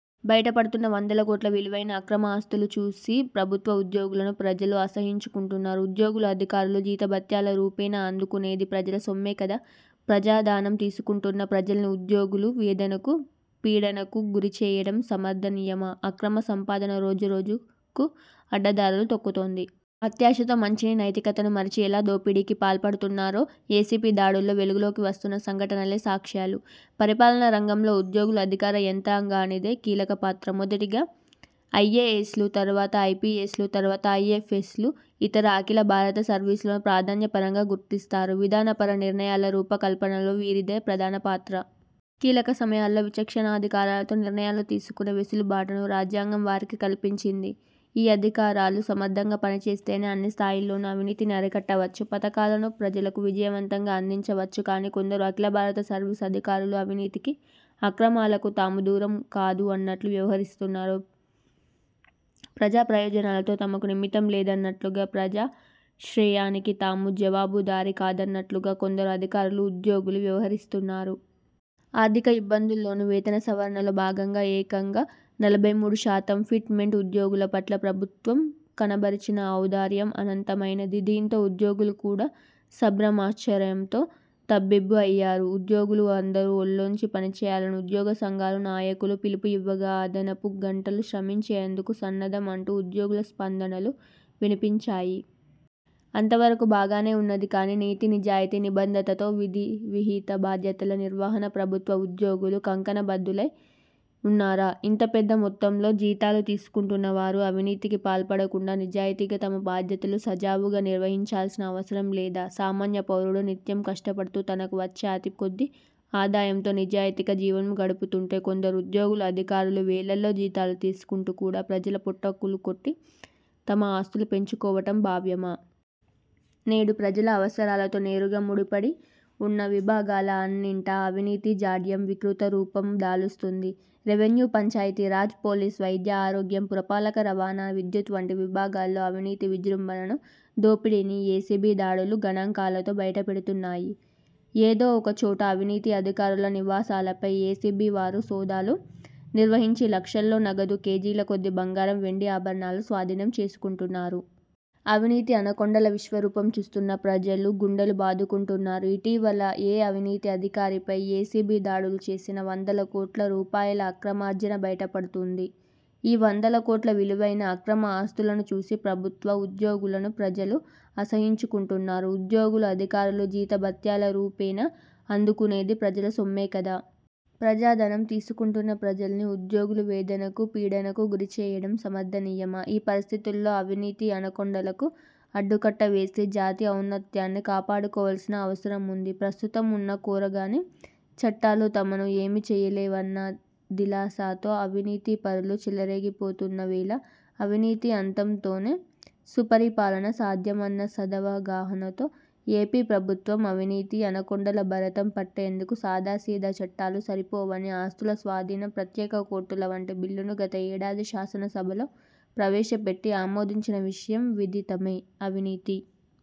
బయటపడుతున్న వందల కోట్ల విలువైన అక్రమ ఆస్తులను చూసి ప్రభుత్వ ఉద్యోగులను ప్రజలు అసహ్యించుకుంటున్నారు. ఉద్యోగులు, అధికారులు జీతభత్యాల రూపేణా అందుకునేది ప్రజల సొమ్మే కదా. ప్రజాధనం తీసుకుంటున్న ప్రజల్ని ఉద్యోగులు వేదనకు, పీడనకు గురిచేయడం సమర్థనీయమా? అక్రమ సంపాదన రోజు రోజుకు అడ్డదారులు తొక్కుతోంది. అత్యాశతో మంచిని, నైతికతను మరచి ఎలా దోపిడీకి పాల్పడుతున్నారో ఏసీబీ దాడుల్లో వెలుగులోకి వస్తున్న సంఘటనలే సాక్ష్యాలు. పరిపాలనా రంగంలో ఉద్యోగులు, అధికార యంత్రాంగానిదే కీలకపాత్ర. మొదటిగా ఐఏఎస్లు, తరువాత ఐపీఎస్లు, ఐఎఫ్ఎస్లు, ఇతర అఖిల భారత సర్వీసులను ప్రాధాన్య పరంగా గుర్తిస్తారు. విధానపర నిర్ణయాల రూపకల్పనలో వీరిదే ప్రధాన పాత్ర. కీలక సమయాల్లో విచక్షణాధికారాలతో నిర్ణయాలు తీసుకొనే వెసులుబాటును రాజ్యాంగం వారికి కల్పించింది. ఈ అధికారులు సమర్థంగా పనిచేస్తేనే అన్నిస్థాయిల్లోనూ అవినీతిని అరికట్టవచ్చు. పథకాలను ప్రజలకు విజయవంతంగా అందించవచ్చు. కానీ కొందరు అఖిలభారత సర్వీసు అధికారులు అవినీతికి, అక్రమాలకు తాము దూరం కాదు అన్నట్లు వ్యవహరిస్తున్నారు. ప్రజాప్రయోజనాలతో తమకు నిమిత్తం లేదన్నట్లుగా, ప్రజాశ్రేయానికి తాము జవాబుదారీ కాదన్నట్లుగా కొందరు అధికారులు, ఉద్యోగులు వ్యవహరిస్తున్నారు. ఆర్థిక ఇబ్బందుల్లోనూ వేతన సవరణలో భాగంగా ఏకంగా నలభై మూడుశాతం ఫిట్ మెంట్ ఉద్యోగుల పట్ల ప్రభుత్వం కనబరిచిన ఔదార్యం అనంతమైనది. దీంతో ఉద్యోగులు కూడా సంభ్రమాశ్చర్యంతో తబ్బిబ్బు అయ్యారు. ఉద్యోగులు అందరూ ఒళ్లొంచి పనిచేయాలని ఉద్యోగ సంఘాల నాయకులు పిలుపు ఇవ్వగా, అదనపు గంటలు శ్రమించేందుకు సన్నద్ధం అంటూ ఉద్యోగుల స్పందనలు వినిపించాయి. అంతవరకూ బాగానే ఉన్నది. కానీ నీతి, నిజాయితీ, నిబద్ధతతో విధివిహిత బాధ్యతల నిర్వహణకు ప్రభుత్వ ఉద్యోగులు కంకణబద్దులై ఉన్నారా? ఇంత పెద్ద మొత్తంలో జీతాలు తీసుకుంటున్నవారు అవినీతికి పాల్పడకుండా నిజాయితీగా తమ బాధ్యతలు సజావుగా నిర్వహించాల్సిన అవసరం లేదా? సామాన్య పౌరుడు నిత్యం కష్టపడుతూ తనకు వచ్చే అతి కొద్ది ఆదాయంతో నిజాయితీగా జీవనం గడుపుతుంటే కొందరు ఉద్యోగులు, అధికారులు వేలల్లో జీతాలు తీసుకుంటూ కూడా ప్రజల పొట్టలుకొట్టి తమ ఆస్తులు పెంచుకోవటం భావ్యమా? నేడు ప్రజల అవసరాలతో నేరుగా ముడిపడి ఉన్న విభాగాల అన్నింటా అవినీతి జాడ్యం వికృతరూపం దాలుస్తుంది. రెవెన్యూ, పంచాయతీ రాజ్, పోలీస్, వైద్య ఆరోగ్యం, పురపాలక, రవాణా, విద్యుత్ వంటి విభాగాల్లో అవినీతి విజృంభణను, దోపిడీని ఏసీబీ దాడులు గణాంకాలతో బయటపెడుతున్నాయి. ఏదో ఒకచోట అవినీతి అధికారుల నివాసాలపై ఏసీబీ వారు సోదాలు నిర్వహించి లక్షల్లో నగదు, కేజీల కొద్ది బంగారం వెండి ఆభరణాలు స్వాధీనం చేసుకుంటున్నారు. అవినీతి అనకొండల విశ్వరూపం చూస్తున్న ప్రజలు గుండెలు బాదుకుంటున్నారు. ఇటీవల ఏ అవినీతి అధికారిపై ఏసీబీ దాడులు చేసినా వందల కోట్ల రూపాయల అక్రమార్జన బయటపడుతుంది. ఈ వందల కోట్ల విలువైన అక్రమ ఆస్తులను చూసి ప్రభుత్వ ఉద్యోగులను ప్రజలు అసహ్యించుకుంటున్నారు. ఉద్యోగులు, అధికారులు జీతభత్యాల రూపేణా అందుకునేది ప్రజల సొమ్మే కదా. ప్రజాధనం తీసుకుంటున్న ప్రజల్ని ఉద్యోగులు వేదనకు, పీడనకు గురిచేయడం సమర్థనీయమా? ఈ పరిస్థితుల్లో అవినీతి అనకొండలకు అడ్డుకట్ట వేసి జాతి ఔన్నత్యాన్ని కాపాడుకోవాల్సిన అవసరముంది. ప్రస్తుతం ఉన్న కొరగాని చట్టాలు తమను ఏమీ చేయలేవన్న దిలాసాతో అవినీతిపరులు చెలరేగిపోతున్న వేళ అవినీతి అంతంతోనే సుపరిపాలన సాధ్యం అన్న సదవగాహనతో ఏపీ ప్రభుత్వం అవినీతి అనకొండల భరతం పట్టేందుకు సాదా సీదా చట్టాలు సరిపోవని ఆస్తుల స్వాధీనం, ప్రత్యేక కోర్టుల వంటి బిల్లును గత ఏడాది శాసనసభలో ప్రవేశపెట్టి ఆమోదించిన విషయం విదితమే. అవినీతి,